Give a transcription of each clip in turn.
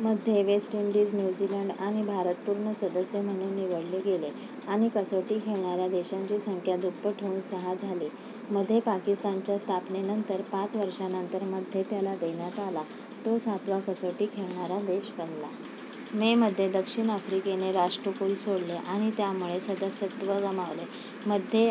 मध्ये, West Indies, New Zealand आणि भारत पूर्ण सदस्य म्हणून निवडले गेले आणि कसोटी खेळणाऱ्या देशांची संख्या दुप्पट होऊन सहा झाली. मध्ये पाकिस्तानच्या स्थापनेनंतर, पाच वर्षांनंतर मध्ये त्याला देण्यात आला, तो सातवा कसोटी खेळणारा देश बनला. मे मध्ये दक्षिण आफ्रिकेने राष्ट्रकुल सोडले आणि त्यामुळे सदस्यत्व गमावले. मध्ये,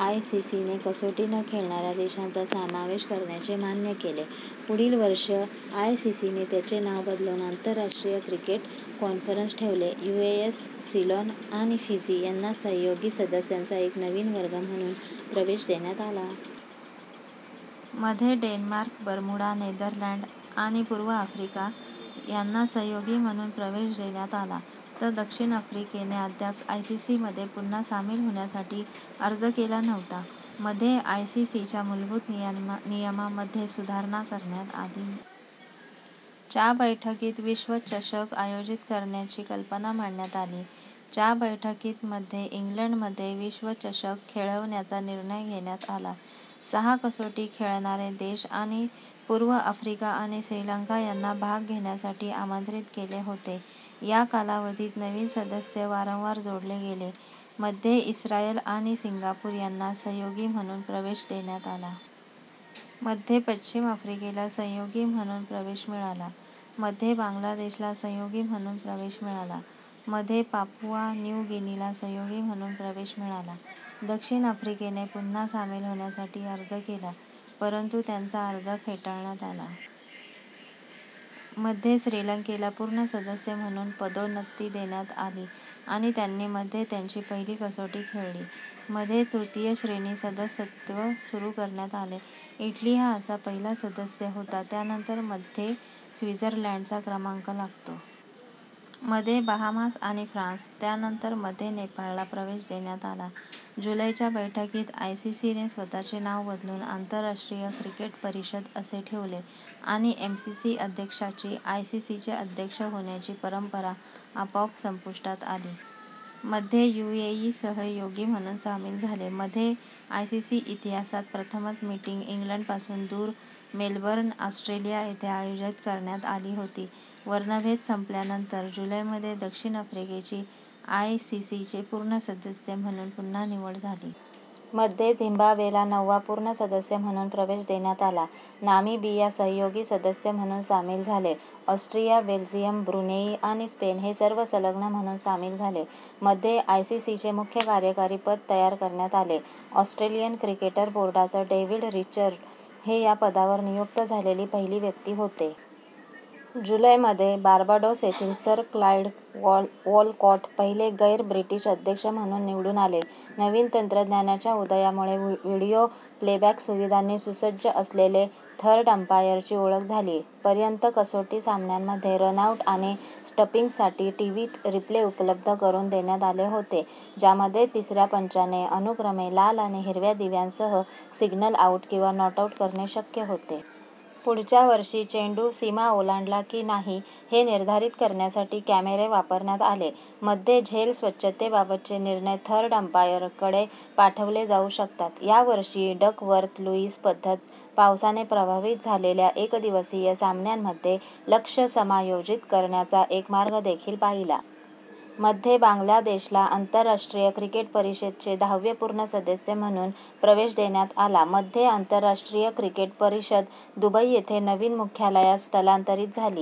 आयसीसीने कसोटी न खेळणाऱ्या देशांचा समावेश करण्याचे मान्य केले. पुढील वर्षी, आयसीसीने त्याचे नाव बदलून आंतरराष्ट्रीय क्रिकेट कॉन्फरन्स ठेवले. यूएस, सिलोन आणि फिजी यांना सहयोगी, सदस्यांचा एक नवीन वर्ग म्हणून प्रवेश देण्यात आला. मध्ये, डेन्मार्क, बरमुडा, नेदरलँड आणि पूर्व आफ्रिका यांना सहयोगी म्हणून प्रवेश देण्यात आला, तर दक्षिण आफ्रिकेने अद्याप आयसीसी मध्ये पुन्हा सामील होण्यासाठी अर्ज केला नव्हता. मध्ये आयसीसीच्या मूलभूत नियमांमध्ये सुधारणा करण्यात आली. च्या बैठकीत विश्वचषक आयोजित करण्याची कल्पना मांडण्यात आली. च्या बैठकीत, मध्ये इंग्लंडमध्ये विश्वचषक खेळवण्याचा निर्णय घेण्यात आला. सहा कसोटी खेळणारे देश आणि पूर्व आफ्रिका आणि श्रीलंका यांना भाग घेण्यासाठी आमंत्रित केले होते. या कालावधीत नवीन सदस्य वारंवार जोडले गेले: मध्ये, इस्रायल आणि सिंगापूर यांना सहयोगी म्हणून प्रवेश देण्यात आला. मध्ये पश्चिम आफ्रिकेला सहयोगी म्हणून प्रवेश मिळाला. मध्ये बांगलादेशला सहयोगी म्हणून प्रवेश मिळाला. मध्ये पापुआ न्यू गिनीला सहयोगी म्हणून प्रवेश मिळाला. दक्षिण आफ्रिकेने पुन्हा सामील होण्यासाठी अर्ज केला, परंतु त्यांचा अर्ज फेटाळण्यात आला. मध्ये, श्रीलंकेला पूर्ण सदस्य म्हणून पदोन्नती देण्यात आली आणि त्यांनी मध्ये त्यांची पहिली कसोटी खेळली. मध्ये, तृतीय श्रेणी सदस्यत्व सुरू करण्यात आले. इटली हा असा पहिला सदस्य होता, त्यानंतर मध्ये स्वित्झर्लंडचा क्रमांक लागतो. मध्ये बहामास आणि फ्रान्स, त्यानंतर मध्ये नेपाळला प्रवेश देण्यात आला. जुलै च्या बैठकीत, आयसीसी ने स्वतःचे नाव बदलून आंतरराष्ट्रीय क्रिकेट परिषद असे ठेवले आणि एमसीसी अध्यक्षाची आयसीसीचे अध्यक्ष होण्याची परंपरा आपोआप संपुष्टात आली. मध्ये, यूएई सहयोगी म्हणून सामील झाले. मध्ये, आयसीसी इतिहासात प्रथमच, मीटिंग इंग्लंडपासून दूर, मेलबर्न, ऑस्ट्रेलिया येथे आयोजित करण्यात आली होती. वर्णभेद संपल्यानंतर जुलैमध्ये दक्षिण आफ्रिकेची आयसीसीचे पूर्ण सदस्य म्हणून पुन्हा निवड झाली. मध्ये, झिम्बाब्वेला नववा पूर्ण सदस्य म्हणून प्रवेश देण्यात आला. नामिबिया सहयोगी सदस्य म्हणून सामील झाले. ऑस्ट्रिया, बेल्जियम, ब्रुनेई आणि स्पेन हे सर्व सलग्न म्हणून सामील झाले. मध्ये, आयसीसीचे मुख्य कार्यकारी पद तयार करण्यात आले; ऑस्ट्रेलियन क्रिकेट बोर्डाचे डेव्हिड रिचर्ड्स हे या पदावर नियुक्त झालेले पहिले व्यक्ती होते. जुलैमध्ये, बार्बाडोस येथील सर क्लाइड वॉलकॉट, पहिले गैर-ब्रिटिश अध्यक्ष म्हणून निवडून आले. नवीन तंत्रज्ञानाच्या उदयामुळे व्हिडिओ प्लेबॅक सुविधांनी सुसज्ज असलेल्या थर्ड अंपायरची ओळख झाली. पर्यंत, कसोटी सामन्यांमध्ये रन-आऊट आणि स्टंपिंगसाठी टीव्ही रिप्ले उपलब्ध करून देण्यात आले होते, ज्यामध्ये तिसऱ्या पंचाने अनुक्रमे लाल आणि हिरव्या दिव्यासह सिग्नल आउट किंवा नॉट आउट करणे आवश्यक होते. पुढच्या वर्षी, चेंडू सीमा ओलांडला की नाही हे निर्धारित करण्यासाठी कॅमेरे वापरण्यात आले. मध्ये झेल स्वच्छतेबाबतचे निर्णय थर्ड अंपायरकडे पाठवले जाऊ शकतात. या वर्षी डकवर्थ-लुईस पद्धत, पावसाने प्रभावित झालेल्या एकदिवसीय सामन्यांमध्ये लक्ष्य समायोजित करण्याचा एक मार्ग देखील पाहिला. मध्ये, बांगलादेशला आंतरराष्ट्रीय क्रिकेट परिषदेचे दहावे पूर्ण सदस्य म्हणून प्रवेश देण्यात आला. मध्ये, आंतरराष्ट्रीय क्रिकेट परिषद दुबई येथे नवीन मुख्यालयात स्थलांतरित झाली.